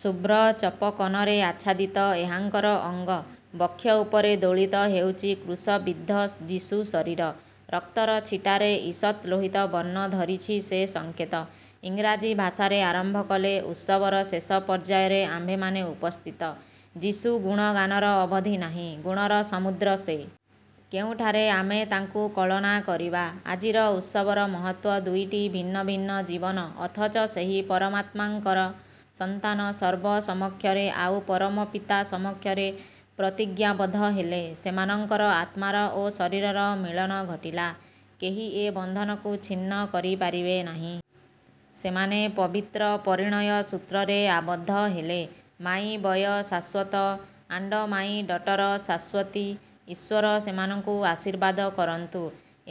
ଶୁଭ୍ର ଚପକନରେ ଆଚ୍ଛାଦିତ ଏହାଙ୍କର ଅଙ୍ଗ। ବକ୍ଷ ଉପରେ ଦୋଳିତ ହେଉଛି କୃଶବିଦ୍ଧ ଯିଶୁ ଶରୀର। ରକ୍ତର ଛିଟାରେ ଈଷତ୍ ଲୋହିତ ବର୍ଣ୍ଣ ଧରିଛି ସେ ସଙ୍କେତ। ଇଂରାଜୀ ଭାଷାରେ ଆରମ୍ଭକଲେ-"ଉତ୍ସବର ଶେଷ ପର୍ଯ୍ୟାୟରେ ଆମ୍ଭେମାନେ ଉପସ୍ଥିତ। ଯିଶୁଗୁଣଗାନର ଅବଧି ନାହିଁ। ଗୁଣର ସମୁଦ୍ର ସେ। କେଉଁଠାରେ ଆମେ ତାଙ୍କୁ କଳନା କରିବା? ଆଜିର ଉତ୍ସବର ମହତ୍ତ୍ଵ ଦୁଇଟି ଭିନ୍ନ ଭିନ୍ନ ଜୀବନ ଅଥଚ ସେହି ପରମାତ୍ମାଙ୍କର ସନ୍ତାନ ସର୍ବସମକ୍ଷରେ ଆଉ ପରମ ପିତା ସମକ୍ଷରେ ପ୍ରତିଜ୍ଞାବଦ୍ଧହେଲେ, ସେମାନଙ୍କର ଆତ୍ମାର ଓ ଶରୀରର ମିଳନ ଘଟିଲା। କେହି ଏ ବନ୍ଧନକୁ ଛିନ୍ନ କରିପାରିବେ ନାହିଁ। ସେମାନେ ପବିତ୍ର ପରିଣୟ ସୂତ୍ରରେ ଆବଦ୍ଧ ହେଲେ। My boy Shashwat and my daughter Shashwati. ଈଶ୍ୱର ସେମାନଙ୍କୁ ଆଶୀର୍ବାଦ କରନ୍ତୁ।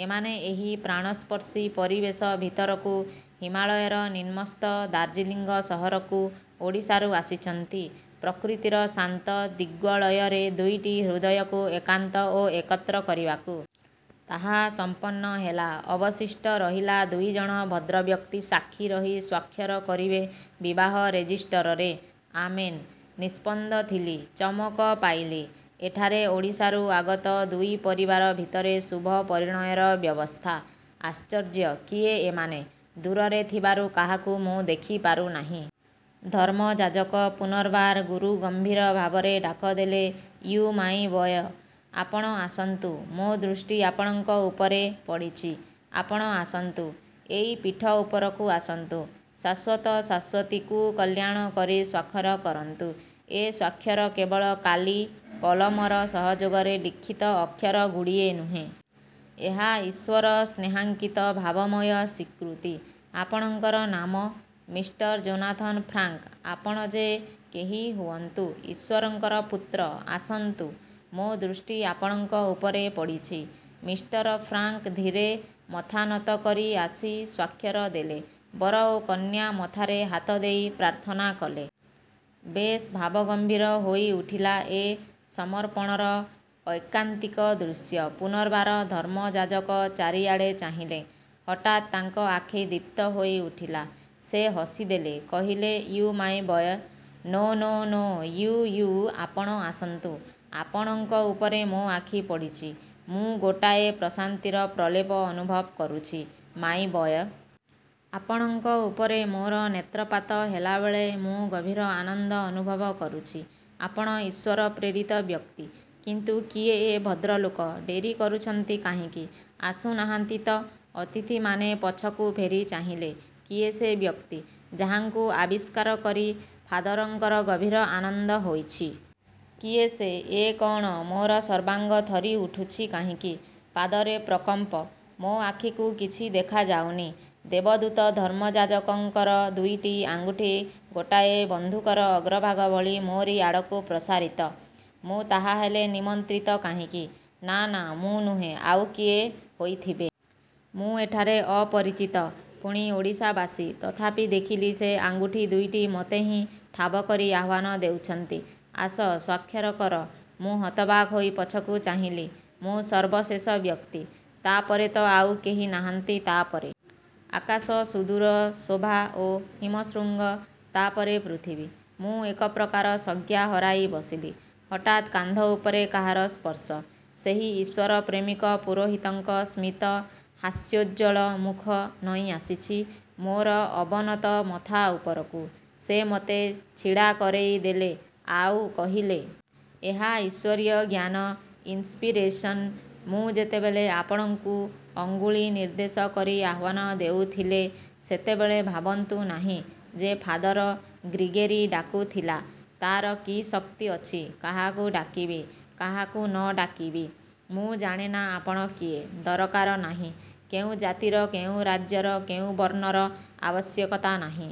ଏମାନେ ଏହି ପ୍ରାଣସ୍ପର୍ଶୀ ପରିବେଶ ଭିତରକୁ, ହିମାଳୟର ନିମ୍ନସ୍ଥ ଦାର୍ଜିଲିଙ୍ଗ ସହରକୁ ଓଡ଼ିଶାରୁ ଆସିଛନ୍ତି ପ୍ରକୃତିର ଶାନ୍ତ ଦିଗ୍ବଳୟରେ ଦୁଇଟି ହୃଦୟକୁ ଏକାନ୍ତ ଓ ଏକତ୍ର କରିବାକୁ। ତାହା ସମ୍ପନ୍ନ ହେଲା। ଅବଶିଷ୍ଟ ରହିଲା ଦୁଇଜଣ ଭଦ୍ରବ୍ୟକ୍ତି ସାକ୍ଷୀ ରହି ସ୍ୱାକ୍ଷର କରିବେ ବିବାହ ରେଜିଷ୍ଟରରେ- ଆମେନ୍। ନିଷ୍ପନ୍ଦ ଥିଲି। ଚମକ ପାଇଲି। ଏଠାରେ ଓଡ଼ିଶାରୁ ଆଗତ ଦୁଇ ପରିବାର ଭିତରେ ଶୁଭ ପରିଣୟର ବ୍ୟବସ୍ଥା! ଆଶ୍ଚର୍ଯ୍ୟ? କିଏ ଏମାନେ। ଦୂରରେ ଥିବାରୁ କାହାକୁ ମୁଁ ଦେଖିପାରୁନାହିଁ। ଧର୍ମଯାଜକ ପୁନର୍ବାର ଗୁରୁଗମ୍ଭୀରଭାବରେ ଡାକଦେଲେ-ୟୁ ମାଇଁ ବୟ, ଆପଣ ଆସନ୍ତୁ। ମୋ ଦୃଷ୍ଟି ଆପଣଙ୍କ ଉପରେ ପଡ଼ିଛି। ଆପଣ ଆସନ୍ତୁ, ଏଇ ପୀଠ ଉପରକୁ ଆସନ୍ତୁ, ଶାଶ୍ଵତ ଶାଶ୍ଵତୀକୁ କଲ୍ୟାଣ କରି ସ୍ୱାକ୍ଷର କରନ୍ତୁ। ଏ ସ୍ୱାକ୍ଷର କେବଳ କାଳି କଲମର ସହଯୋଗରେ ଲିଖିତ ଅକ୍ଷର-ଗୁଡ଼ିଏ ନୁହେଁ। ଏହା ଈଶ୍ୱର ସ୍ନେହାଙ୍କିତ ଭାବମୟ ସ୍ୱୀକୃତି। ଆପଣଙ୍କର ନାମ? "-ମିଷ୍ଟର ଯୋନାଥନ ଫ୍ରାଙ୍କ୍ ଆପଣ ଯେ କେହି ହୁଅନ୍ତୁ-ଈଶ୍ୱରଙ୍କର ପୁତ୍ର ଆସନ୍ତୁ। ମୋ ଦୃଷ୍ଟି ଆପଣଙ୍କ ଉପରେ ପଡ଼ିଛି। " ମିଷ୍ଟର ଫ୍ରାଙ୍କ ଧୀରେ ମଥା ନତ କରି ଆସି ସ୍ୱାକ୍ଷର ଦେଲେ। ବର ଓ କନ୍ୟା ମଥାରେ ହାତଦେଇ ପ୍ରାର୍ଥନା କଲେ। ବେଶ୍ ଭାବଗମ୍ଭୀର ହୋଇଉଠିଲା ଏ ସର୍ମପଣର ଐକାନ୍ତିକ ଦୃଶ୍ୟ। ପୁନର୍ବାର ଧର୍ମଯାଜକ ଚାରିଆଡ଼େ ଚାହିଁଲେ। ହଠାତ୍ ତାଙ୍କ ଆଖି ଦୀପ୍ତ ହୋଇଉଠିଲା-। ସେ ହସିଦେଲେ। କହିଲେ-ୟୁ my boy! No no you, you ଆପଣ ଆସନ୍ତୁ। ଆପଣଙ୍କ ଉପରେ ମୋ ଆଖି ପଡ଼ିଛି। ମୁଁ ଗୋଟାଏ ପ୍ରଶାନ୍ତିର ପ୍ରଲେପ ଅନୁଭବ କରୁଛି, ମାଇଁ ବୟ! ଆପଣଙ୍କ ଉପରେ ମୋର ନେତ୍ରପାତ ହେବାବେଳେ ମୁଁ ଗଭୀର ଆନନ୍ଦ ଅନୁଭବ କରୁଛି। ଆପଣ ଈଶ୍ୱର-ପ୍ରେରିତ ବ୍ୟକ୍ତି। କିନ୍ତୁ କିଏ ଏ ଭଦ୍ରଲୋକ? ଡେରି କରୁଛନ୍ତି କାହିଁକି? ଆସୁ ନାହାନ୍ତି ତ? ଅତିଥିମାନେ ପଛକୁ ଫେରି ଚାହିଁଲେ। କିଏ ସେ ବ୍ୟକ୍ତି-ଯାହାଙ୍କୁ ଆବିଷ୍କାର କରି ଫାଦରଙ୍କର ଗଭୀର ଆନନ୍ଦ ହୋଇଛି? କିଏ ସେ? ଏ କଅଣ? ମୋର ସର୍ବାଙ୍ଗ ଥରିଉଠୁଛି କାହିଁକି? ପାଦରେ ପ୍ରକମ୍ପ। ମୋ ଆଖିକୁ କିଛି ଦେଖାଯାଉନି। ଦେବଦୂତ ଧର୍ମଯାଜକଙ୍କର ଦୁଇଟି ଆଙ୍ଗୁଠି ଗୋଟାଏ ବନ୍ଧୁକର ଅଗ୍ରଭାଗ ଭଳି ମୋରି ଆଡ଼କୁ ପ୍ରସାରିତ। ମୁଁ ତାହାହେଲେ ନିମନ୍ତ୍ରିତ? କାହିଁକି? ନା ନା, ମୁଁ ନୁହେଁ, ଆଉ କିଏ ହୋଇଥିବେ। ମୁଁ ଏଠାରେ ଅପରିଚିତ, ପୁଣି ଓଡ଼ିଶାବାସୀ। ତଥାପି ଦେଖିଲି ସେ ଆଙ୍ଗୁଠି ଦୁଇଟି ମତେ ହିଁ ଠାବକରି ଆହ୍ୱାନ ଦେଉଛନ୍ତି ଆସ, ସ୍ୱାକ୍ଷର କର। ମୁଁ ହତବାକ୍ ହୋଇ ପଛକୁ ଚାହିଁଲି। ମୁଁ ସର୍ବଶେଷ ବ୍ୟକ୍ତି। ତା ପରେ ତ ଆଉ କେହି ନାହାନ୍ତି? ତାପରେ ଆକାଶ, ସୁଦୂର ଶୋଭା ଓ ହିମଶୃଙ୍ଗ ତା'ପରେ ପୃଥିବୀ। ମୁଁ ଏକପ୍ରକାର ସଂଜ୍ଞା ହରାଇ ବସିଲି। ହଠାତ୍ କାନ୍ଧ ଉପରେ କାହାର ସ୍ପର୍ଶ। ସେହି ଈଶ୍ୱର ପ୍ରେମିକ ପୁରୋହିତଙ୍କ ସ୍ମିତ ହାସ୍ୟୋଜ୍ଜ୍ୱଳ ମୁଖ ନଇଁଆସିଛି ମୋର ଅବନତ ମଥା ଉପରକୁ। ସେ ମତେ ଛିଡ଼ାକରେଇଦେଲେ, ଆଉ କହିଲେ "ଏହା ଈଶ୍ୱରୀୟ ଜ୍ଞାନ ଇନ୍ସ୍ପିରେସନ। ମୁଁ ଯେତେବେଳେ ଆପଣଙ୍କୁ ଅଙ୍ଗୁଳି ନିର୍ଦ୍ଦେଶ କରି ଆହ୍ୱାନ ଦେଉଥିଲେ, ସେତେବେଳେ ଭାବନ୍ତୁ ନାହିଁ ଯେ ଫାଦର ଗ୍ରିଗେରୀ ଡାକୁଥିଲା-। ତା'ର କି ଶକ୍ତି ଅଛି କାହାକୁ ଡାକିବି, କାହାକୁ ନ ଡାକିବି? ମୁଁ ଜାଣେନା ଆପଣ କିଏ-। ଦରକାର ନାହିଁ। କେଉଁ ଜାତିର, କେଉଁ ରାଜ୍ୟର, କେଉଁ ବର୍ଣ୍ଣର-ଆବଶ୍ୟକତା ନାହିଁ।